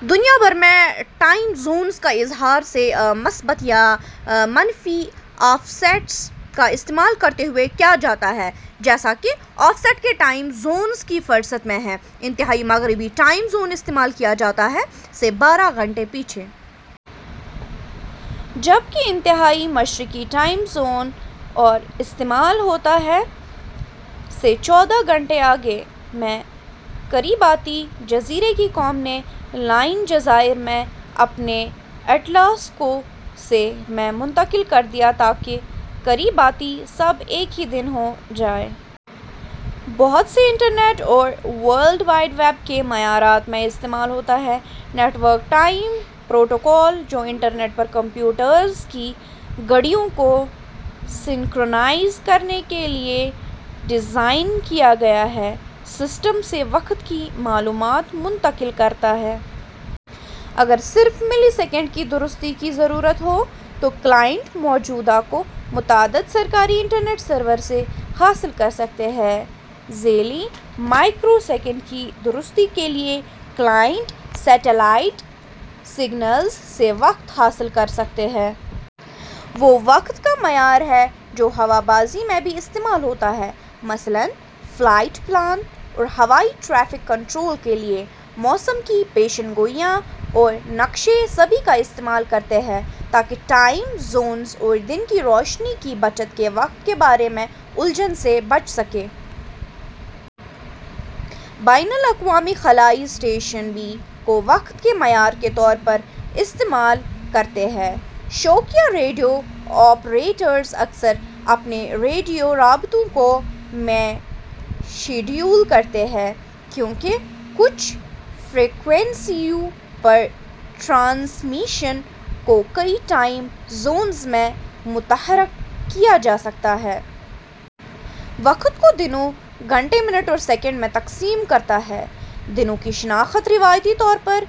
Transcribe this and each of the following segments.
دنیا بھر میں ٹائم زونز کا اظہار سے مثبت یا منفی آفسیٹس کا استعمال کرتے ہوئے کیا جاتا ہے، جیسا کہ آفسیٹ کے ٹائم زونز کی فہرست میں ہے ۔ انتہائی مغربی ٹائم زون استعمال کیا جاتا ہے، سے بارہ گھنٹے پیچھے۔ جب کہ انتہائی مشرقی ٹائم زون + استعمال ہوتا ہے، سے چودہ گھنٹے آگے۔ میں، کریباتی جزیرے کی قوم نے لائن جزائر میں اپنے اٹلس کو سے + میں منتقل کر دیا تاکہ کریباتی سب ایک ہی دن ہو جائیں۔ بہت سے انٹرنیٹ اور ورلڈ وائڈ ویب کے معیارات میں استعمال ہوتا ہے۔ نیٹ ورک ٹائم پروٹوکول ، جو انٹرنیٹ پر کمپیوٹرز کی گھڑیوں کو سنکرونائز کرنے کے لیے ڈیزائن کیا گیا ہے، سسٹم سے وقت کی معلومات منتقل کرتا ہے۔ اگر صرف ملی سیکنڈ کی درستی کی ضرورت ہو، تو کلائنٹ موجودہ کو متعدد سرکاری انٹرنیٹ سرورز سے حاصل کر سکتے ہیں۔ ذیلی مائیکرو سیکنڈ کی درستی کے لیے، کلائنٹ سیٹلائٹ سگنلز سے وقت حاصل کر سکتے ہیں۔ وہ وقت کا معیار ہے جو ہوا بازی میں بھی استعمال ہوتا ہے، مثلاً فلائٹ پلان اور ہوائی ٹریفک کنٹرول کے لیے۔ موسم کی پیشن گوئیاں اور نقشے سبھی کا استعمال کرتے ہیں تاکہ ٹائم زونز اور دن کی روشنی کی بچت کے وقت کے بارے میں الجھن سے بچ سکیں۔ بین الاقوامی خلائی اسٹیشن بھی کو وقت کے معیار کے طور پر استعمال کرتے ہیں۔ شوقیہ ریڈیو آپریٹرز اکثر اپنے ریڈیو رابطوں کو میں شیڈول کرتے ہیں، کیونکہ کچھ فریکوئنسیوں پر ٹرانسمیشن کو کئی ٹائم زونز میں متحرک کیا جا سکتا ہے۔ وقت کو دنوں، گھنٹے، منٹ اور سیکنڈ میں تقسیم کرتا ہے۔ دنوں کی شناخت روایتی طور پر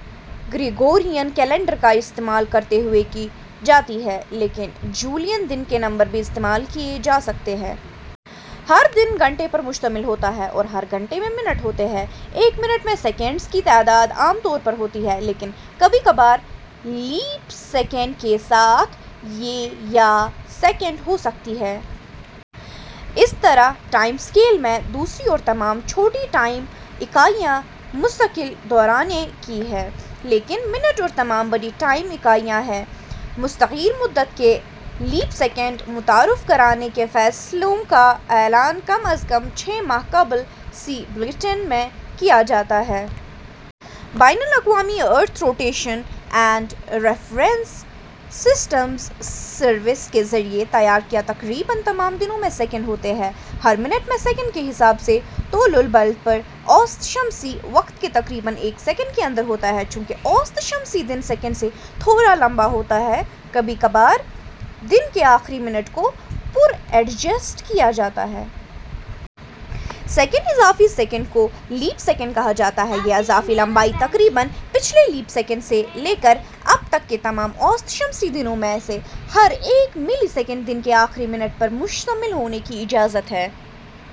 گریگورین کیلنڈر کا استعمال کرتے ہوئے کی جاتی ہے، لیکن جولین دن کے نمبر بھی استعمال کیے جا سکتے ہیں۔ ہر دن گھنٹے پر مشتمل ہوتا ہے اور ہر گھنٹے میں منٹ ہوتے ہیں۔ ایک منٹ میں سیکنڈز کی تعداد عام طور پر ہوتی ہے، لیکن کبھی کبھار لیپ سیکنڈ کے ساتھ، یہ یا سیکنڈ ہو سکتی ہے۔ اس طرح، ٹائم اسکیل میں، دوسری اور تمام چھوٹی ٹائم اکائیاں مستقل دورانیے کی ہیں، لیکن منٹ اور تمام بڑی ٹائم اکائیاں ہیں۔ متغیر مدت کے. لیپ سیکنڈ متعارف کرانے کے فیصلوں کا اعلان کم از کم چھ ماہ قبل "سی بلیٹن" میں کیا جاتا ہے۔ بین الاقوامی earth rotation and reference systems service کے ذریعہ تیار کیا تقریباً تمام دنوں میں سیکنڈ ہوتے ہیں۔ ہر منٹ میں سیکنڈ کے حساب سے. طول البلد پر اوسط شمسی وقت کے تقریباً ایک سیکنڈ کے اندر ہوتا ہے، چونکہ اوسط شمسی دن سیکنڈ سے تھوڑا لمبا ہوتا ہے، کبھی کبھار دن کے آخری منٹ کو پر ایڈجسٹ کیا جاتا ہے۔ سیکنڈ اضافی سیکنڈ کو لیپ سیکنڈ کہا جاتا ہے۔ یہ اضافی لمبائی تقریبا پچھلے لیپ سیکنڈ سے لے کر اب تک کے تمام اوسط شمسی دنوں میں سے ہر ایک ملی سیکنڈ۔ دن کے آخری منٹ میں پر مشتمل ہونے کی اجازت ہے۔